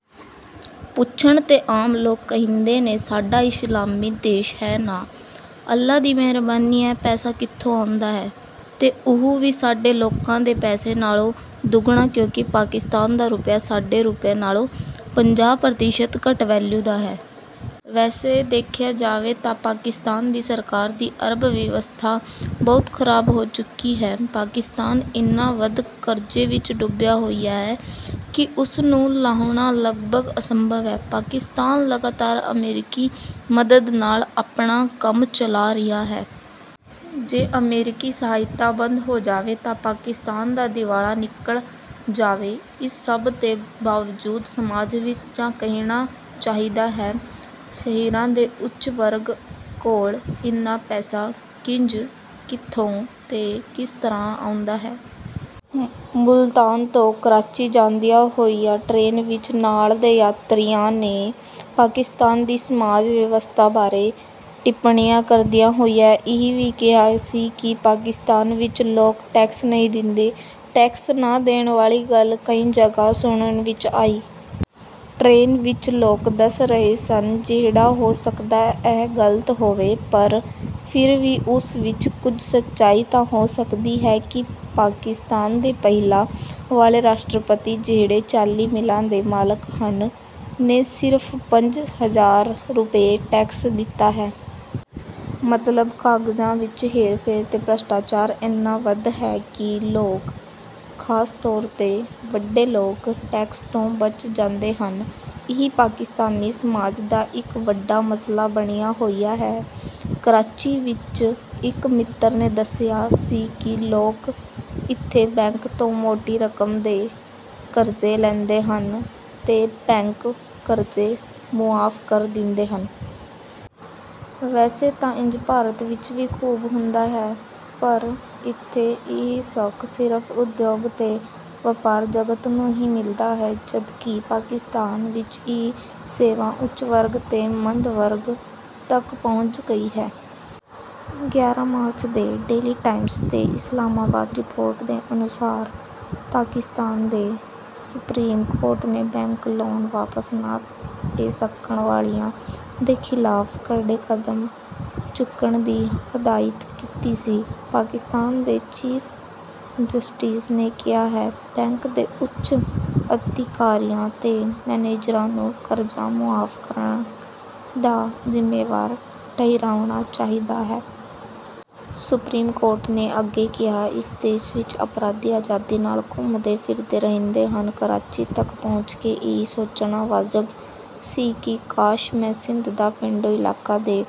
ਪੁੱਛਣ ਤੇ ਆਮ ਲੋਕ ਕਹਿੰਦੇ ਨੇ, “ਸਾਡਾ ਇਸਲਾਮੀ ਦੇਸ਼ ਹੈ ਨਾ। ਅੱਲ੍ਹਾਹ ਦੀ ਮਿਹਰਬਾਨੀ ਹੈ।” ਪੈਸਾ ਕਿੱਥੋਂ ਆਉਂਦਾ ਹੈ? ਤੇ ਉਹ ਵੀ ਸਾਡੇ ਲੋਕਾਂ ਦੇ ਪੈਸੇ ਨਾਲੋਂ ਦੁੱਗਣਾ ਕਿਉਂਕਿ ਪਾਕਿਸਤਾਨ ਦਾ ਰੁਪਇਆ ਸਾਡੇ ਰੁਪਏ ਨਾਲੋਂ ਪੰਜਾਹ ਪ੍ਰਤੀਸ਼ਤ ਘੱਟ ਵੈਲਿਊ ਦਾ ਹੈ। ਵੈਸੇ ਦੇਖਿਆ ਜਾਵੇ ਤਾਂ ਪਾਕਿਸਤਾਨ ਦੀ ਸਰਕਾਰ ਦੀ ਅਰਥ ਵਿਵਸਥਾ ਬਹੁਤ ਖ਼ਰਾਬ ਹੋ ਚੁੱਕੀ ਹੈ। ਪਾਕਿਸਤਾਨ ਇੰਨਾ ਵੱਧ ਕਰਜ਼ੇ ਵਿਚ ਡੁੱਬਿਆ ਹੋਇਆ ਹੈ ਕਿ ਉਸ ਨੂੰ ਲਾਹੁਣਾ ਲਗਭਗ ਅਸੰਭਵ ਹੈ। ਪਾਕਿਸਤਾਨ ਲਗਾਤਾਰ ਅਮਰੀਕੀ ਮਦਦ ਨਾਲ ਆਪਣਾ ਕੰਮ ਚਲਾ ਰਿਹਾ ਹੈ। ਜੇ ਅਮਰੀਕੀ ਸਹਾਇਤਾ ਬੰਦ ਹੋ ਜਾਵੇ ਤਾਂ ਪਾਕਿਸਤਾਨ ਦਾ ਦਿਵਾਲਾ ਨਿਕਲ ਜਾਵੇ। ਇਸ ਸਭ ਦੇ ਬਾਵਜੂਦ ਸਮਾਜ ਵਿਚ, ਜਾਂ ਕਹਿਣਾ ਚਾਹੀਦਾ ਹੈ, ਸ਼ਹਿਰਾਂ ਦੇ ਉੱਚ-ਵਰਗ ਕੋਲ ਇੰਨਾ ਪੈਸਾ ਕਿੰਜ, ਕਿੱਥੋਂ ਤੇ ਕਿਸ ਤਰ੍ਹਾਂ ਆਉਂਦਾ ਹੈ...? ਮੁਲਤਾਨ ਤੋਂ ਕਰਾਚੀ ਜਾਂਦਿਆਂ ਹੋਇਆ ਟਰੇਨ ਵਿਚ ਨਾਲ ਦੇ ਯਾਤਰੀਆਂ ਨੇ ਪਾਕਿਸਤਾਨ ਦੀ ਸਮਾਜ ਵਿਵਸਥਾ ਬਾਰੇ ਟਿੱਪਣੀਆਂ ਕਰਦਿਆਂ ਹੋਇਆਂ ਇਹ ਵੀ ਕਿਹਾ ਸੀ ਕਿ ਪਾਕਿਸਤਾਨ ਵਿਚ ਲੋਕ ਟੈਕਸ ਨਹੀਂ ਦਿੰਦੇ। ਟੈਕਸ ਨਾ ਦੇਣ ਵਾਲੀ ਗੱਲ ਕਈ ਜਗ੍ਹਾ ਸੁਣਨ ਵਿਚ ਆਈ। ਟਰੇਨ ਵਿਚ ਲੋਕ ਦੱਸ ਰਹੇ ਸਨ, ਜਿਹੜਾ ਹੋ ਸਕਦਾ ਹੈ ਗ਼ਲਤ ਹੋਵੇ, ਪਰ ਫਿਰ ਵੀ ਉਸ ਵਿਚ ਕੁਝ ਸੱਚਾਈ ਤਾਂ ਹੋ ਸਕਦੀ ਹੈ, ਕਿ ਪਾਕਿਸਤਾਨ ਦੇ ਪਹਿਲਾਂ ਵਾਲੇ ਰਾਸ਼ਟਰਪਤੀ, ਜਿਹੜੇ ਚਾਲੀ ਮਿਲਾਂ ਦੇ ਮਾਲਕ ਹਨ, ਨੇ ਸਿਰਫ਼ ਪੰਜ ਹਜ਼ਾਰ ਰੁਪਏ ਟੈਕਸ ਦਿੱਤਾ ਹੈ। ਮਤਲਬ ਕਾਗਜ਼ਾਂ ਵਿਚ ਹੇਰ-ਫੇਰ ਤੇ ਭ੍ਰਿਸ਼ਟਾਚਾਰ ਇੰਨਾ ਵੱਧ ਹੈ ਕਿ ਲੋਕ, ਖ਼ਾਸ ਤੌਰ ’ਤੇ ਵੱਡੇ ਲੋਕ, ਟੈਕਸ ਤੋਂ ਬਚ ਜਾਂਦੇ ਹਨ। ਇਹ ਪਾਕਿਸਤਾਨੀ ਸਮਾਜ ਦਾ ਇਕ ਵੱਡਾ ਮਸਲਾ ਬਣਿਆ ਹੋਇਆ ਹੈ। ਕਰਾਚੀ ਵਿਚ ਇਕ ਮਿੱਤਰ ਨੇ ਦੱਸਿਆ ਸੀ ਕਿ ਲੋਕ ਇੱਥੇ ਬੈਂਕ ਤੋਂ ਮੋਟੀ ਰਕਮ ਦੇ ਕਰਜ਼ੇ ਲੈਂਦੇ ਹਨ ਤੇ ਬੈਂਕ ਕਰਜ਼ੇ ਮੁਆਫ਼ ਕਰ ਦਿੰਦੇ ਹਨ। ਵੈਸੇ ਤਾਂ ਇੰਜ ਭਾਰਤ ਵਿਚ ਵੀ ਖ਼ੂਬ ਹੁੰਦਾ ਹੈ। ਪਰ ਇੱਥੇ ਇਹ ਸੌਖ ਸਿਰਫ਼ ਉਦਯੋਗ ਤੇ ਵਪਾਰ ਜਗਤ ਨੂੰ ਹੀ ਮਿਲਦੀ ਹੈ, ਜਦਕਿ ਪਾਕਿਸਤਾਨ ਵਿਚ ਇਹ ‘ਸੇਵਾ’ ਉੱਚ ਵਰਗ ਤੇ ਮੱਧ ਵਰਗ ਤਕ ਪਹੁੰਚ ਗਈ ਹੈ। ਗਿਆਰਾਂ ਮਾਰਚ ਦੇ ਡੇਲੀ ਟਾਈਮਸ ਦੇ ਇਸਲਾਮਾਬਾਦ ਰਿਪੋਰਟ ਦੇ ਅਨੁਸਾਰ, ਪਾਕਿਸਤਾਨ ਦੇ ਸੁਪਰੀਮ ਕੋਰਟ ਨੇ ਬੈਂਕ ‘ਲੋਨ’ ਵਾਪਸ ਨਾ ਦੇ ਸਕਣ ਵਾਲਿਆਂ ਦੇ ਖ਼ਿਲਾਫ਼ ਕਰੜੇ ਕਦਮ ਚੁੱਕਣ ਦੀ ਹਦਾਇਤ ਕੀਤੀ ਸੀ। ਪਾਕਿਸਤਾਨ ਦੇ ਚੀਫ਼ ਜਸਟਿਸ ਨੇ ਕਿਹਾ ਹੈ, ਬੈਂਕ ਦੇ ਉੱਚ ਅਧਿਕਾਰੀਆਂ ਤੇ ਮੈਨੇਜਰਾਂ ਨੂੰ ਕਰਜ਼ਾ ਮੁਆਫ਼ ਕਰਨ ਦਾ ਜ਼ਿੰਮੇਵਾਰ ਠਹਿਰਾਉਣਾ ਚਾਹੀਦਾ ਹੈ। ਸੁਪਰੀਮ ਕੋਰਟ ਨੇ ਅੱਗੇ ਕਿਹਾ, ਇਸ ਦੇਸ਼ ਵਿਚ ਅਪਰਾਧੀ ਆਜ਼ਾਦੀ ਨਾਲ ਘੁੰਮਦੇ ਫਿਰਦੇ ਰਹਿੰਦੇ ਹਨ। ਕਰਾਚੀ ਤਕ ਪਹੁੰਚ ਕੇ ਇਹ ਸੋਚਣਾ ਵਾਜਬ ਸੀ ਕਿ ਕਾਸ਼ ਮੈਂ ਸਿੰਧ ਦਾ ਪੇਂਡੂ ਇਲਾਕਾ ਦੇਖ...